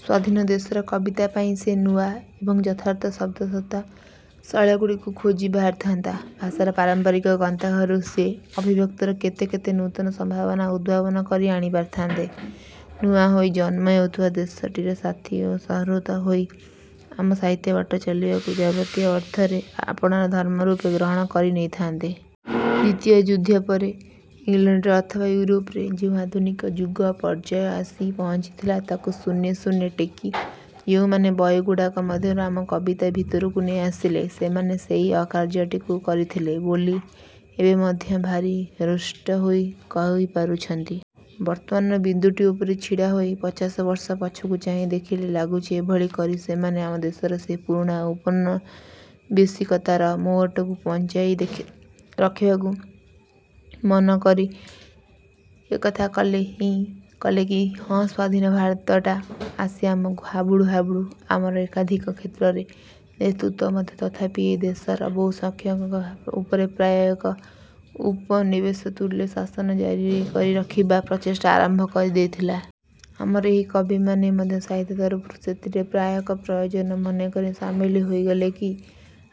ସ୍ଵାଧୀନ ଦେଶର କବିତା ପାଇଁ ସିଏ ନୂଆ ଏବଂ ଯଥାର୍ଥ ଶବ୍ଦ ତଥା ଶୈଳୀଗୁଡ଼ିକୁ ଖୋଜି ବାହାରିଥାନ୍ତା। ଭାଷାର ପାରମ୍ପରିକ ଗନ୍ତାଘରୁ ସିଏ ଅଭିବ୍ୟକ୍ତିର କେତେ କେତେ ନୂତନ ସମ୍ଭାବନା ଉଦ୍ଭାବନ କରି ଆଣି ପାରିଥାନ୍ତା। ନୂଆ ହୋଇ ଜନ୍ମ ହେଉଥିବା ଦେଶଟିର ସାଥୀ ଓ ସୁହୃତ ହୋଇ ଆମ ସାହିତ୍ୟ ବାଟ ଚାଲିବାକୁ ଯାବତୀୟ ଅର୍ଥରେ ଆପଣାର ଧର୍ମରୂପେ ଗ୍ରହଣ କରି ନେଇଥାନ୍ତା। ଦ୍ଵିତୀୟ ଯୁଦ୍ଧ ପରେ ଇଂଲଣ୍ଡରେ ଅଥବା ଇଉରୋପରେ ଯେଉଁ ଆଧୁନିକ ଯୁଗପର୍ଯ୍ୟାୟ ଆସି ପହଞ୍ଚିଥିଲା ତାହାକୁ ଶୂନ୍ୟେ ଶୂନ୍ୟେ ଟେକି ଯେଉଁମାନେ ବହିଗୁଡ଼ାକ ମଧ୍ୟରୁ ଆମ କବିତା ଭିତରକୁ ନେଇ ଆସିଲେ, ସେମାନେ ସେହି ଅକାର୍ଯ୍ୟଟିକୁ କରିଥିଲେ ବୋଲି ଏବେ ମଧ୍ୟ ଭାରି ହୃଷ୍ଟ ହୋଇ କହି ପାରୁଛନ୍ତି। ବର୍ତ୍ତମାନର ବିନ୍ଦୁଟି ଉପରେ ଛିଡ଼ାହୋଇ ପଚାଶବର୍ଷ ପଛକୁ ଚାହିଁ ଦେଖିଲେ ଲାଗୁଛି ଏଭଳି କରି ସେମାନେ ଆମ ଦେଶରେ ସେହି ପୁରୁଣା ଔପନିବେଶିକତାର ମୋହଟାକୁ ବଞ୍ଚାଇ ରଖିବାକୁ ମନ କରି ଏକଥା କଲେ କି? ହଁ ସ୍ୱାଧୀନ ଭାରତଟା ଆସି ଆମକୁ ହାବୁଡୁ ହାବୁଡୁ ଆମର ଏକାଧିକ କ୍ଷେତ୍ରରେ ନେତୃତ୍ଵ ମଧ୍ୟ ତଥାପି ଏହି ଦେଶର ବହୁସଂଖ୍ୟକଙ୍କ ଉପରେ ପ୍ରାୟ ଏକ ଉପନିବେଶତୁଲ୍ୟ ଶାସନ ଜାରି କରି ରଖିବା ପ୍ରଚେଷ୍ଟା ଆରମ୍ଭ କରି ଦେଇଥିଲା। ଆମର ଏହି କବିମାନେ ମଧ୍ୟ ସାହିତ୍ୟ ତରଫରୁ ସେଥିରେ ପ୍ରାୟ ଏକ ପ୍ରୟୋଜନ ମନେକରି ସାମିଲ ହୋଇଗଲେ କି?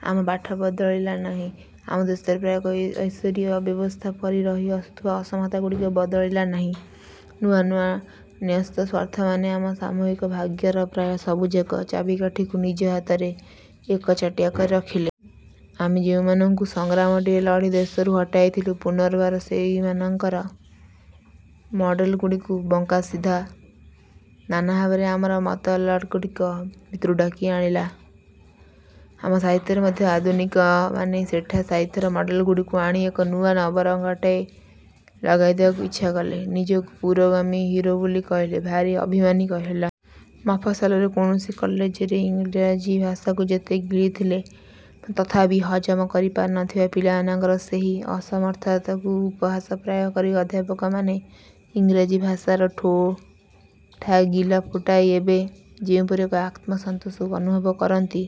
ଆମ ପାଠ ବଦଳିଲା ନାହିଁ। ଆମ ଦେଶରେ ପ୍ରାୟ ଏକ ଈଶ୍ୱରୀୟ ବ୍ୟବସ୍ଥା ପରି ରହି ଆସୁଥିବା ଅସମତାଗୁଡ଼ିକ ବଦଳିଲା ନାହିଁ, ନୂଆ ନୂଆ ନ୍ୟସ୍ତସ୍ୱାର୍ଥମାନେ ଆମ ସାମୂହିକ ଭାଗ୍ୟର ପ୍ରାୟ ସବୁଯାକ ଚାବିକାଠିକୁ ନିଜ ହାତରେ ଏକଚାଟିଆ କରି ରଖିଲେ। ଆମେ ଯେଉଁମାନଙ୍କୁ ସଂଗ୍ରାମଟିଏ ଲଢ଼ି ଦେଶରୁ ହଟାଇଥିଲୁ, ପୁନର୍ବାର ସେହିମାନଙ୍କର ମଡ଼େଲଗୁଡିକୁ ବଙ୍କା ସିଧା ନାନାଭାବେ ଆମର ମତଲଗୁଡ଼ିକର ଭିତରକୁ ଡାକି ଆଣିଲୁ। ଆମ ସାହିତ୍ୟରେ ମଧ୍ୟ ଆଧୁନିକମାନେ ସେଠା ସାହିତ୍ୟର ମଡ଼େଲଗୁଡ଼ିକୁ ଆଣି ଏକ ନୂଆ ନବରଙ୍ଗଟାଏ ଲଗାଇ ଦେବାକୁ ଇଚ୍ଛା କଲେ। ନିଜକୁ ପୁରୋଗାମୀ ହିରୋ ବୋଲି କହିଲେ, ଭାରି ଅଭିମାନୀ ହେଲେ। ମଫସଲର କୌଣସି କଲେଜରେ ଇଂରାଜୀ ଭାଷାକୁ ଯେତେ ଗିଳିଥିଲେ ମଧ୍ୟ ତଥାପି ହଜମ କରିପାରି ନଥିବା ପିଲାମାନଙ୍କର ସେହି ଅସମର୍ଥତାକୁ ଉପହାସପ୍ରାୟ କରି ଅଧ୍ୟାପକମାନେ ଇଂରାଜୀ ଭାଷାର ଠୋ ଠା ଗିଲ ଫୁଟାଇ ଏବେ ଯେଉଁପରି ଏକ ଆତ୍ମସନ୍ତୋଷ ଅନୁଭବ କରନ୍ତି,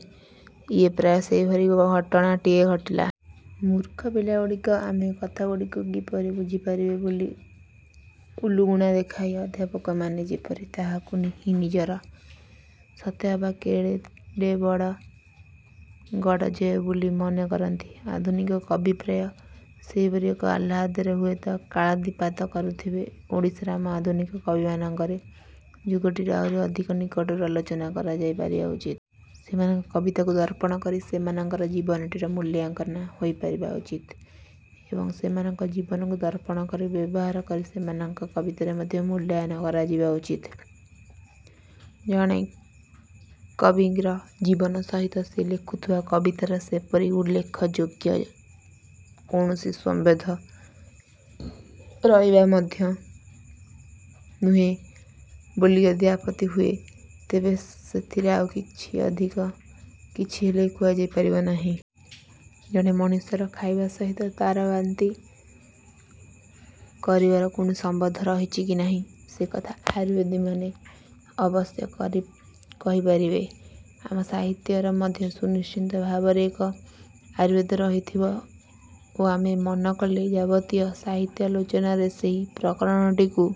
ଇଏ ପ୍ରାୟ ସେହିପରି ଘଟଣାଟିଏ ଘଟିଲା। ମୂର୍ଖ ପିଲାଗୁଡ଼ାକ ଆମ କଥାଗୁଡ଼ିକୁ କିପରି ବୁଝିପାରିବେ ବୋଲି ଉଲୁଗୁଣା ଦେଖାଇ ଅଧ୍ୟାପକମାନେ ଯେପରି ତାହାକୁ ହିଁ ନିଜର ସତେଅବା କେଡ଼େବଡ଼ ଗଡ଼ଜୟ ବୋଲି ମନେ କରନ୍ତି, ଆଧୁନିକ କବି ପ୍ରାୟ ସେହିପରି ଏକ ଆହ୍ଲାଦରେ ହୁଏତ କାଳାତିପାତ କରୁଥିବ। ଓଡ଼ିଶାର ଆମ ଆଧୁନିକ କବିମାନଙ୍କର ଯୁଗଟିର ଆହୁରି ଅଧିକ ନିକଟରୁ ଆଲୋଚନା କରାଯାଇ ପାରିବା ଉଚିତ। ସେମାନଙ୍କ କବିତାକୁ ଦର୍ପଣ କରି ସେମାନଙ୍କର ଜୀବନଟିର ମୂଲ୍ୟାଙ୍କନ ହୋଇପାରିବା ଉଚିତ୍ ଏବଂ ସେମାନଙ୍କ ଜୀବନକୁ ଦର୍ପଣ ପରି ବ୍ୟବହାର କରି ସେମାନଙ୍କ କବିତାର ମଧ୍ୟ ମୂଲ୍ୟାୟନ କରାଯିବା ଉଚିତ୍। ଜଣେ କବିର ଜୀବନ ସହିତ ସିଏ ଲେଖୁଥିବା କବିତାର ସେପରି ଉଲ୍ଲେଖଯୋଗ୍ୟରେ କୌଣସି ସମ୍ବନ୍ଧ ରହିବା ମଧ୍ୟ ନୁହେଁ ବୋଲି ଯଦି ଆପତ୍ତି ହୁଏ, ତେବେ ସେଥିରେ ଆଉ ଅଧିକ କିଛି ହେଲେ କୁହାଯାଇ ପାରିବ ନାହିଁ। ଜଣେ ମଣିଷର ଖାଇବା ସହିତ ତାର ବାନ୍ତି କରିବାର କୌଣସି ସମ୍ବନ୍ଧ ରହିଛି କି ନାହିଁ, ସେକଥା ଆୟୁର୍ବେଦୀମାନେ ଅବଶ୍ୟ କହିପାରିବେ। ଆମ ସାହିତ୍ୟର ମଧ୍ୟ ସୁନିଶ୍ଚିତ ଭାବରେ ଏକ ଆୟୁର୍ବେଦ ରହିଥିବ ଓ ଆମେ ମନ କଲେ ଯାବତୀୟ ସାହିତ୍ୟାଲୋଚନାରେ ସେହି ପ୍ରକରଣଟିକୁ